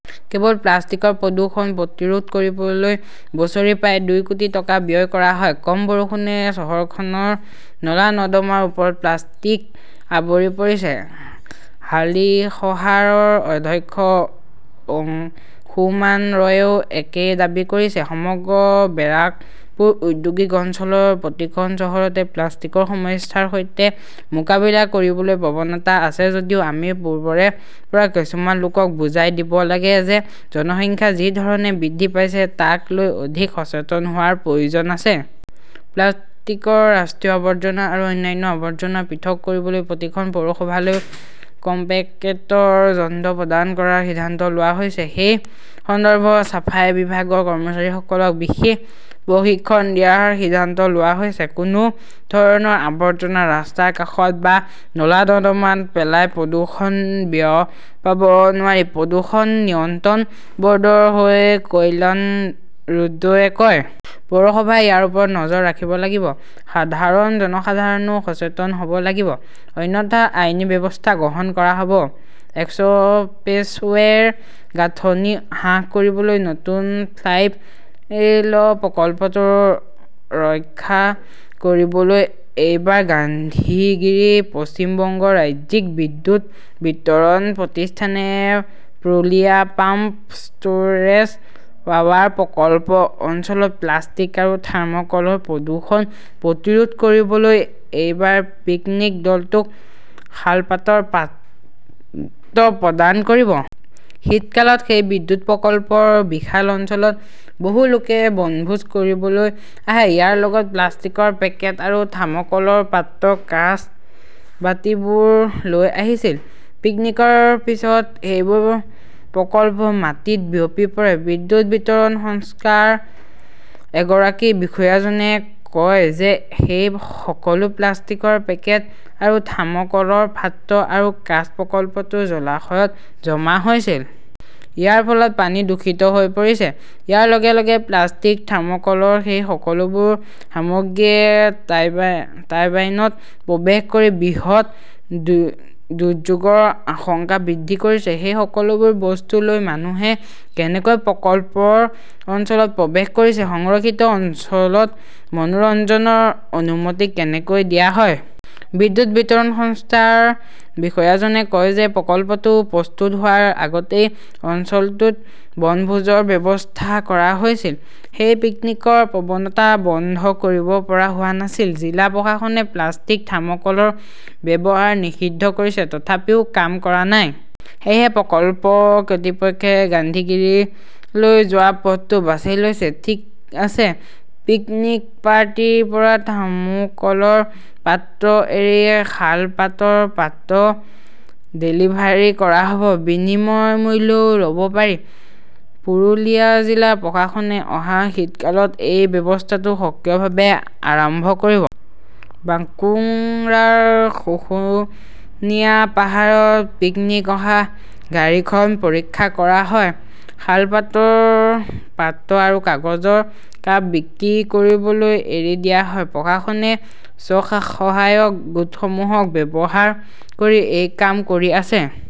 কেৱল প্লাষ্টিকৰ প্ৰদূষণ প্ৰতিৰোধ কৰিবলৈ বছৰি প্ৰায় দুই কোটি টকা ব্যয় কৰা হয়। কম বৰষুণে চহৰখনৰ নলা-নৰ্দমাৰ ওপৰত প্লাষ্টিক আৱৰি পৰিছে। হালিশহাৰৰ অধ্যক্ষ অংশুমান ৰয়েও একেই দাবী কৰিছে। সমগ্ৰ বেৰাকপুৰ ঔদ্যোগিক অঞ্চলৰ প্ৰতিখন চহৰতে প্লাষ্টিকৰ সমস্যাৰ সৈতে মোকাবিলা কৰিবলৈ প্ৰৱণতা আছে যদিও আমি পূৰ্বৰে পৰা কিছুমান লোকক বুজাই দিব লাগে যে, জনসংখ্যা যি ধৰণে বৃদ্ধি পাইছে তাক লৈ অধিক সচেতন হোৱাৰ প্ৰয়োজন আছে। প্লাষ্টিকৰ ৰাষ্ট্ৰীয় আৱৰ্জনা আৰু অন্যান্য আৱৰ্জনা পৃথক কৰিবলৈ প্ৰতিখন পৌৰসভালৈ কম্পেক্টৰ যন্ত্ৰ প্ৰদান কৰাৰ সিদ্ধান্ত লোৱা হৈছে। সেই সন্দৰ্ভত ছাফাই বিভাগৰ কৰ্মচাৰীসকলক বিশেষ প্ৰশিক্ষণ দিয়াৰ সিদ্ধান্ত লোৱা হৈছে। কোনো ধৰণৰ আৱৰ্জনা ৰাস্তাৰ কাষত বা নলা-নৰ্দমাত পেলাই প্ৰদূষণ বিয়পাব নোৱাৰি, প্ৰদূষণ নিয়ন্ত্ৰণ বৰ্ডৰ হৈ কল্যাণ ৰুদ্ৰই কয়। পৌৰসভাই ইয়াৰ ওপৰত নজৰ ৰাখিব লাগিব। সাধাৰণ জনসাধাৰণো সচেতন হব লাগিব। অন্যথা আইনী ব্যৱস্থা গ্ৰহণ কৰা হব। এক্সপ্ৰেছৱে 'ৰ গাঁথনি হ্ৰাস কৰিবলৈ নতুন ফ্লাইপ' ল প্ৰকল্পটো ৰক্ষা কৰিবলৈ এইবাৰ গান্ধীগিৰি পশ্চিম বংগ ৰাজ্যিক বিদ্যুৎ বিতৰণ প্ৰতিষ্ঠানে প্ৰুলিয়া পাম্প ষ্টোৰেজ পাৱাৰ প্ৰকল্প অঞ্চলত প্লাষ্টিক আৰু থাৰ্ম কলৰ প্ৰদূষণ প্ৰতিৰোধ কৰিবলৈ এইবাৰ পিকনিক দলটোক শালপাতৰ পাত্ৰ প্ৰদান কৰিব। শীতকালত সেই বিদ্যুৎ প্ৰকল্পৰ বিশাল অঞ্চলত বহু লোকে বনভোজ কৰিবলৈ আহে। ইয়াৰ লগত প্লাষ্টিকৰ পেকেট আৰু থাৰ্ম কলৰ পাত্ৰ-কাঁচ, বাটিবোৰ লৈ আহিছিল। পিকনিকৰ পিছত সেইবোৰ প্ৰকল্পৰ মাটিত বিয়পি পৰে। বিদ্যুৎ বিতৰণ সংস্থাৰ এগৰাকী বিষয়াজনে কয় যে সেই সকলো প্লাষ্টিকৰ পেকেট আৰু থাৰ্ম কলৰ পাত্ৰ আৰু কাঁচ প্ৰকল্পটোৰ জলাশয়ত জমা হৈছিল। ইয়াৰ ফলত পানী দূষিত হৈ পৰিছে। ইয়াৰ লগে লগে প্লাষ্টিক থাৰ্মকলৰ সেই সকলোবোৰ সামগ্ৰীয়ে টাৰ্বাইনত প্ৰৱেশ কৰি বৃহৎ দুৰ্যোগৰ আশংকা বৃদ্ধি কৰিছে। সেই সকলোবোৰ বস্তু লৈ মানুহে কেনেকৈ প্ৰকল্পৰ অঞ্চলত প্ৰৱেশ কৰিছে? সংৰক্ষিত অঞ্চলত মনোৰঞ্জনৰ অনুমতি কেনেকৈ দিয়া হয়? বিদ্যুৎ বিতৰণ সংস্থাৰ বিষয়াজনে কয় যে, প্ৰকল্পটো প্ৰস্তুত হোৱাৰ আগতেই অঞ্চলটোত বনভোজৰ ব্যৱস্থা কৰা হৈছিল। সেই পিকনিকৰ প্ৰৱণতা বন্ধ কৰিব পৰা হোৱা নাছিল। জিলা প্ৰশাসনে প্লাষ্টিক, থাৰ্মকলৰ ব্যৱহাৰ নিষিদ্ধ কৰিছে। তথাপিও কাম কৰা নাই। সেয়েহে প্ৰকল্প কৰ্তৃপক্ষই গান্ধীগিৰীলৈ যোৱা পথটো বাছি লৈছে। ঠিক আছে, পিকনিক পাৰ্টিৰ পৰা থাৰ্মোকলৰ পাত্ৰ এৰি শালপাতৰ পাত্ৰ ডেলিভাৰী কৰা হ 'ব। বিনিময় মূল্যও লব পাৰি। পুৰুলিয়া জিলা প্ৰশাসনে অহা শীতকালত এই ব্যৱস্থাটো সক্ৰিয়ভাৱে আৰম্ভ কৰিব। বাঙ্কুৰাৰ শুশুনিয়া পাহাৰত পিকনীক অহা গাড়ীখন পৰীক্ষা কৰা হয়। শালপাতৰ পাত্ৰ আৰু কাগজৰ কাপ বিক্ৰী কৰিবলৈ এৰি দিয়া হয়। প্ৰশাসনে স্ব-সহায়ক গোটসমূহক ব্যৱহাৰ কৰি এই কাম কৰি আছে।